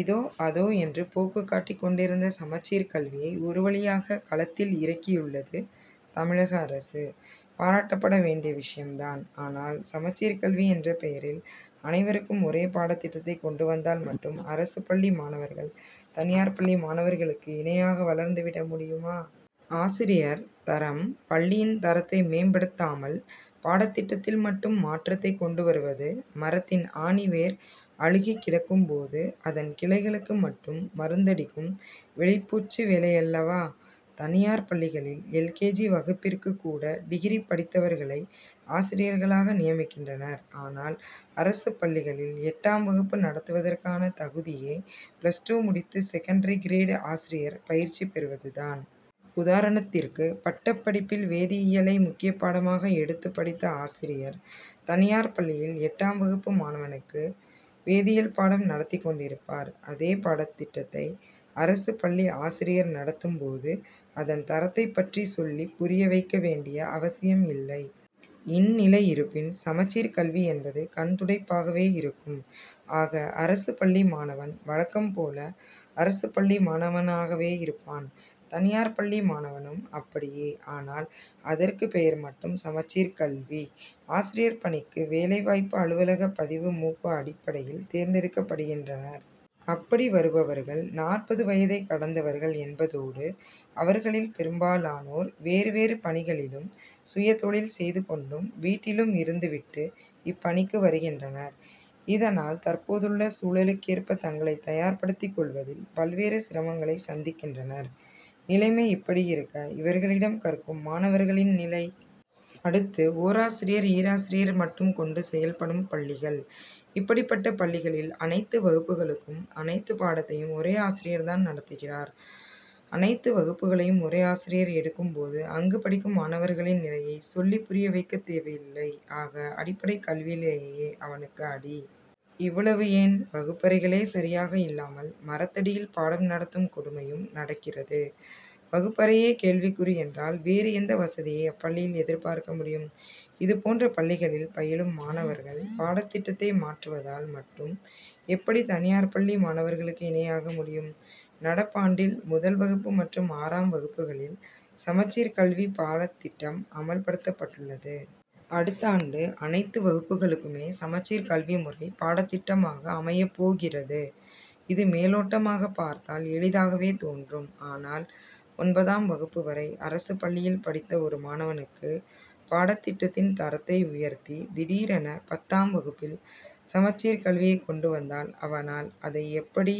இதோ அதோ என்று போக்குக் காட்டிக் கொண்டிருந்த சமச்சீர் கல்வியை, ஒருவழியாக, களத்தில் இறக்கியுள்ளது தமிழக அரசு; பாராட்டப்பட வேண்டிய விஷயம் தான். ஆனால், சமச்சீர் கல்வி என்ற பெயரில் அனைவருக்கும் ஒரே பாடத்திட்டத்தை கொண்டு வந்தால் மட்டும் அரசு பள்ளி மாணவர்கள், தனியார் பள்ளி மாணவர்களுக்கு இணையாக வளர்ந்து விட முடியுமா? ஆசிரியர் தரம், பள்ளியின் தரத்தை மேம்படுத்தாமல், பாடத்திட்டத்தில் மட்டும் மாற்றத்தை கொண்டு வருவது, மரத்தின் ஆணிவேர் அழுகிக் கிடக்கும் போது, அதன் கிளைகளுக்கு மட்டும் மருந்தடிக்கும் வெளிப்பூச்சு வேலையல்லவா! தனியார் பள்ளிகளில், எல். கே. ஜி., வகுப்பிற்கு கூட, டிகிரி படித்தவர்களை ஆசிரியர்களாக நியமிக்கின்றனர். ஆனால், அரசு பள்ளிகளில்எட்டாம் வகுப்பு நடத்துவதற்கான தகுதியே, பிளஸ் டூ முடித்து, செகண்டரி கிரேடு ஆசிரியர் பயிற்சி பெறுவது தான்! உதாரணத்திற்கு, பட்டப் படிப்பில் வேதியியலை முக்கியப் பாடமாக எடுத்து படித்த ஆசிரியர், தனியார் பள்ளியில், எட்டாம் வகுப்பு மாணவனுக்கு, வேதியியல் பாடம் நடத்திக் கொண்டிருப்பார். அதே பாடத்திட்டத்தை, அரசு பள்ளி ஆசிரியர் நடத்தும் போது, அதன் தரத்தைப் பற்றி சொல்லிப் புரிய வைக்க வேண்டிய அவசியம் இல்லை. இந்நிலை இருப்பின், சமச்சீர் கல்வி என்பது கண்துடைப்பாகவே இருக்கும். ஆக, அரசு பள்ளி மாணவன் வழக்கம் போல, அரசு பள்ளி மாணவனாகவே இருப்பான்; தனியார் பள்ளி மாணவனும் அப்படியே! ஆனால், அதற்கு பெயர் மட்டும் சமச்சீர் கல்வி. ஆசிரியர் பணிக்கு, வேலை வாய்ப்பு அலுவலகப் பதிவு மூப்பு அடிப்படையில் தேர்ந்தெடுக்கப்படுகின்றனர். அப்படி வருபவர்கள், நாற்பது வயதை கடந்தவர்கள் என்பதோடு, அவர்களில் பெரும்பாலானோர், வேறு வேறு பணிகளிலும், சுயதொழில் செய்து கொண்டும், வீட்டிலும் இருந்துவிட்டு, இப்பணிக்கு வருகின்றனர். இதனால், தற்போதுள்ள சூழலுக்கேற்ப தங்களை தயார்படுத்திக் கொள்வதில், பல்வேறு சிரமங்களை சந்திக்கின்றனர். நிலைமை இப்படியிருக்க, இவர்களிடம் கற்கும் மாணவர்கள் நிலை? அடுத்து, ஓராசிரியர், ஈராசியர் மட்டும் கொண்டு செயல்படும் பள்ளிகள்! இப்படிப்பட்ட பள்ளிகளில், அனைத்து வகுப்புகளுக்கும், அனைத்து பாடத்தையும் ஒரே ஆசிரியர் தான் நடத்துகிறார். அனைத்து வகுப்புகளையும் ஒரே ஆசிரியர் எடுக்கும் போது, அங்கு படிக்கும் மாணவர்களின் நிலையை சொல்லிப் புரிய வைக்கத் தேவையில்லை. ஆக, அடிப்படைக் கல்வியிலேயே அவனுக்கு அடி! இவ்வளவு ஏன்வகுப்பறைகளே சரியாக இல்லாமல், மரத்தடியில் பாடம் நடத்தும் கொடுமையும் நடக்கிறது. வகுப்பறையே கேள்விக்குறி என்றால், வேறு எந்த வசதியை அப்பள்ளியில் எதிர்பார்க்க முடியும். இதுபோன்ற பள்ளிகளில் பயிலும் மாணவர்கள், பாடத்திட்டத்தை மாற்றுவதால் மட்டும், எப்படி தனியார் பள்ளி மாணவர்களுக்கு, இணையாக முடியும்? நடப்பாண்டில், முதல் வகுப்பு மற்றும் ஆறாம் வகுப்புகளில், சமச்சீர் கல்வி பாடத்திட்டம் அமல் படுத்தப்பட்டுள்ளது. அடுத்தாண்டு, அனைத்து வகுப்புகளுக்குமே சமச்சீர் கல்வி முறை பாடத்திட்டமாக அமையப் போகிறது. இது, மேலோட்டமாக பார்த்தால் எளிதாகவே தோன்றும். ஆனால், ஒன்பதாம் வகுப்பு வரை, அரசு பள்ளியில் படித்த ஒரு மாணவனுக்கு, பாடத்திட்டத்தின் தரத்தை உயர்த்தி, திடீரென, பத்தாம் வகுப்பில், சமச்சீர் கல்வியை கொண்டு வந்தால், அவனால், அதை எப்படி